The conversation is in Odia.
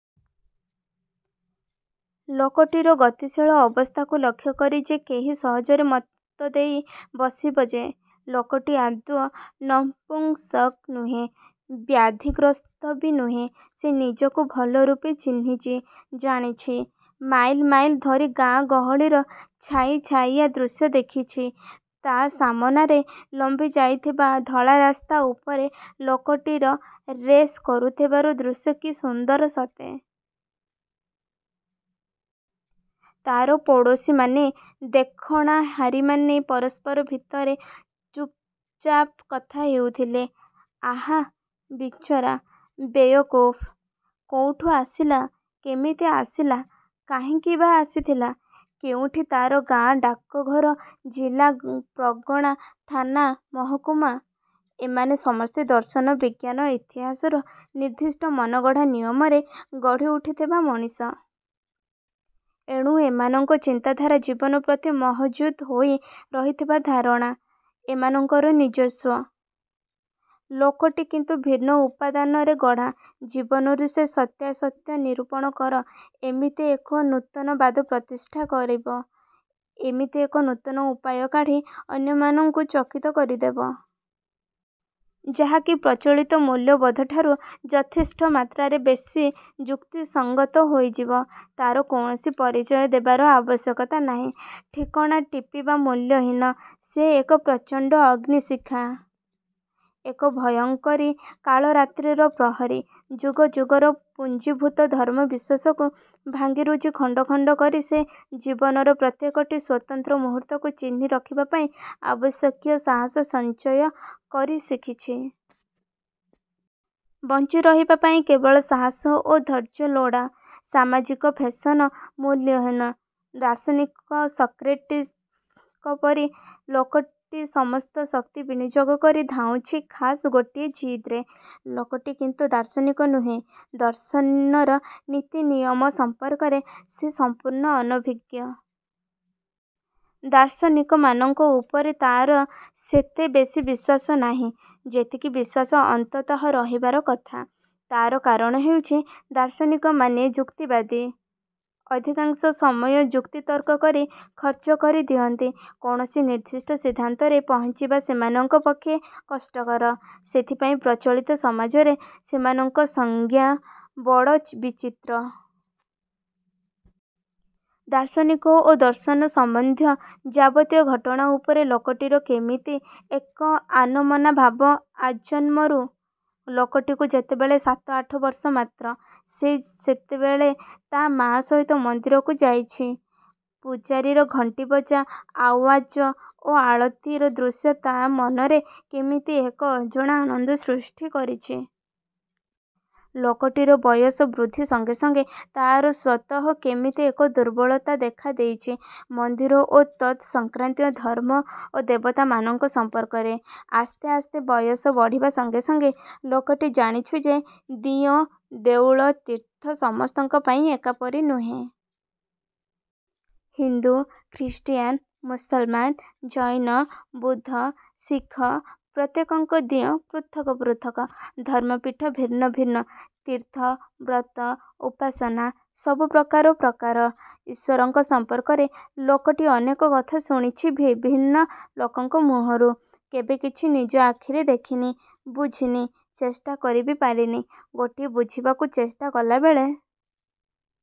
ଲୋକଟିର ଗତିଶୀଳ ଅବସ୍ଥାକୁ ଲକ୍ଷ୍ୟକରି ଯେ କେହି ସହଜରେ ମତ ଦେଇ ବସିବ ଯେ, ଲୋକଟି ଆଦୌ ନପୁଂସକ୍ ନୁହେଁ। ବ୍ୟାଧିଗ୍ରସ୍ତ ବି ନୁହେଁ। ସେ ନିଜକୁ ଭଲରୂପେ ଚିହ୍ନିଚି। ଜାଣିଛି। ମାଇଲ୍ ମାଇଲ୍ ଧରି ଗାଁ ଗହଳିର ଛାଇ ଛାଇଆ ଦୃଶ୍ୟ ଦେଖିଛି। ତା' ସାମନାରେ ଲମ୍ବି ଯାଇଥିବା ଧଳାରାସ୍ତା ଉପରେ ଲୋକଟିର ରେସ୍ କରୁଥିବାର ଦୃଶ୍ୟ କି ସୁନ୍ଦର ସତେ! ତା'ର ପଡ଼ୋଶୀମାନେ ଦେଖଣାହାରୀମାନେ ପରସ୍ପର ଭିତରେ ଚୁପ୍ଚାପ୍ କଥା ହେଉଥିଲେ ''ଆହାଃ, ବିଚରା, ବେୟକୁଫ୍, କୋଉଠୁଁ ଆସିଲା? କେମିତି ଆସିଲା? କାହିଁକି ବା ଆସିଥିଲା? କେଉଁଠି ତା'ର ଗାଁ, ଡାକଘର, ଜିଲ୍ଲା, ପ୍ରଗଣା, ଥାନା, ମହକୁମା,? ଏମାନେ ସମସ୍ତେ ଦର୍ଶନ, ବିଜ୍ଞାନ, ଇତିହାସର ନିର୍ଦ୍ଦିଷ୍ଟ ମନଗଢ଼ା ନିୟମରେ ଗଢ଼ି ଉଠିଥିବା ମଣିଷ। ଏଣୁ ଏମାନଙ୍କ ଚିନ୍ତାଧାରା ଜୀବନ ପ୍ରତି ମହଜୁଦ୍ ହୋଇ ରହିଥିବା ଧାରଣା, ଏମାନଙ୍କର ନିଜସ୍ୱ। ଲୋକଟି କିନ୍ତୁ ଭିନ୍ନ ଉପାଦାନରେ ଗଢ଼ା। ଜୀବନରୁ ସେ ସତ୍ୟାସତ୍ୟ ନିରୂପଣ କର ଏମିତି ଏକ ନୂତନବାଦ ପ୍ରତିଷ୍ଠା କରିବ। ଏମିତି ଏକ ନୂତନ ଉପାୟ କାଢ଼ି ଅନ୍ୟମାନଙ୍କୁ ଚକିତ କରିଦେବ। ଯାହାକି ପ୍ରଚଳିତ ମୂଲ୍ୟବୋଧଠାରୁ ଯଥେଷ୍ଟ ମାତ୍ରାରେ ବେଶୀ ଯୁକ୍ତିସଂଗତ ହୋଇଯିବ। ତା'ର କୌଣସି ପରିଚୟ ଦେବାର ଆବଶ୍ୟକତା ନାହିଁ। ଠିକଣା ଟିପିବା ମୂଲ୍ୟହୀନ। ସେ ଏକ ପ୍ରଚଣ୍ଡ ଅଗ୍ନିଶିଖା! ଏକ ଭୟଙ୍କରୀ କାଳରାତ୍ରିର ପ୍ରହରୀ। ଯୁଗ ଯୁଗର ପୁଞ୍ଜିଭୂତ ଧର୍ମ ବିଶ୍ୱାସକୁ ଭାଙ୍ଗିରୁଜି ଖଣ୍ଡଖଣ୍ଡ କରି ସେ ଜୀବନର ପ୍ରତ୍ୟେକଟି ସ୍ୱତନ୍ତ୍ର ମୁହୂର୍ତ୍ତକୁ ଚିହ୍ନି ରଖିବା ପାଇଁ ଆବଶ୍ୟକୀୟ ସାହାସ ସଞ୍ଚୟ କରି ଶିଖିଛି। ବଞ୍ଚିରହିବା ପାଇଁ କେବଳ ସାହାସ ଓ ଧୈର୍ଯ୍ୟ ଲୋଡ଼ା-। ସାମାଜିକ ଫେସନ ମୂଲ୍ୟହୀନ। ଦାର୍ଶନିକ ସକ୍ରେଟିସ୍ଙ୍କ ପରି ଲୋକଟି ସମସ୍ତ ଶକ୍ତି ବିନିଯୋଗ କରି ଧାଉଁଛି ଖାସ୍ ଗୋଟିଏ ଜିଦ୍ ରେ। ଲୋକଟି କିନ୍ତୁ ଦାର୍ଶନିକ ନୁହେଁ। ଦର୍ଶନର ନୀତି ନିୟମ ସମ୍ପର୍କରେ ସେ ସମ୍ପୂର୍ଣ୍ଣ ଅନଭିଜ୍ଞ। ଦାର୍ଶନିକମାନଙ୍କ ଉପରେ ତା'ର ସେତେ ବେଶୀ ବିଶ୍ୱାସ ନାହିଁ-। ଯେତିକି ବିଶ୍ୱାସ ଅନ୍ତତଃ ରହିବାର କଥା। ତା'ର କାରଣ ହେଉଛି ଦାର୍ଶନିକମାନେ ଯୁକ୍ତିବାଦୀ-। ଅଧିକାଂଶ ସମୟ ଯୁକ୍ତିତର୍କ କରି ଖର୍ଚ୍ଚ କରି ଦିଅନ୍ତି। କୌଣସି ନିର୍ଦ୍ଦିଷ୍ଟ ସିଦ୍ଧାନ୍ତରେ ପହଞ୍ଚିବା ସେମାନଙ୍କ ପକ୍ଷେ କଷ୍ଟକର। ସେଥିପାଇଁ ପ୍ରଚଳିତ ସମାଜରେ ସେମାନଙ୍କ ସଂଜ୍ଞା ବଡ଼ ବିଚିତ୍ର-। ଦାର୍ଶନିକ ଓ ଦର୍ଶନ ସମ୍ବନ୍ଧୀୟ ଯାବତୀୟ ଘଟଣା ଉପରେ ଲୋକଟିର କେମିତି ଏକ ଆନମନା ଭାବ ଆଜନ୍ମରୁ। ଲୋକଟିକୁ ଯେତେବେଳେ ସାତଆଠ ବର୍ଷ ମାତ୍ର। ସେ ସେତେବେଳେ ତା' ମା ସହିତ ମନ୍ଦିରକୁ ଯାଇଛି, ପୂଜାରୀର ଘଣ୍ଟିବଜା ଆଓ୍ୱାଜ ଓ ଆଳତୀର ଦୃଶ୍ୟ ତା' ମନରେ କେମିତି ଏକ ଅଜଣା ଆନନ୍ଦ ସୃଷ୍ଟି କରିଛି। ଲୋକଟିର ବୟସ ବୃଦ୍ଧି ସଙ୍ଗେ ସଙ୍ଗେ ତା'ର ସ୍ୱତଃ କେମିତି ଏକ ଦୁର୍ବଳତା ଦେଖା ଦେଇଛି ମନ୍ଦିର ଓ ତତ୍ ସଂକ୍ରାନ୍ତୀୟ ଧର୍ମ ଓ ଦେବତାମାନଙ୍କ ସମ୍ପର୍କରେ। ଆସ୍ତେ ଆସ୍ତେ ବୟସ ବଢ଼ିବା ସଙ୍ଗେସଙ୍ଗେ ଲୋକଟି ଜାଣିଛି ଯେ ଦିଅଁ, ଦେଉଳ, ତୀର୍ଥ ସମସ୍ତଙ୍କ ପାଇଁ ଏକାପରି ନୁହେଁ। ହିନ୍ଦୁ; ଖ୍ରୀଷ୍ଟିୟାନ, ମୁସଲମାନ, ଜୈନ, ବୁଦ୍ଧ, ଶିଖ ପ୍ରତ୍ୟେକଙ୍କ ଦିଅଁ ପୃଥକ ପୃଥକ। ଧର୍ମପୀଠ ଭିନ୍ନ ଭିନ୍ନ, ତୀର୍ଥ, ବ୍ରତ, ଉପାସନା ସବୁ ପ୍ରକାର ପ୍ରକାର। ଈଶ୍ୱରଙ୍କ ସମ୍ପର୍କରେ ଲୋକଟି ଅନେକ କଥା ଶୁଣିଛି ବିଭିନ୍ନ ଲୋକଙ୍କ ମୁହଁରୁ। କେବେ କିଛି ନିଜ ଆଖିରେ ଦେଖିନି। ବୁଝିନି। ଚେଷ୍ଟା କରି ବି ପାରିନି। ଗୋଟିଏ ବୁଝିବାକୁ ଚେଷ୍ଟା କଲାବେଳେ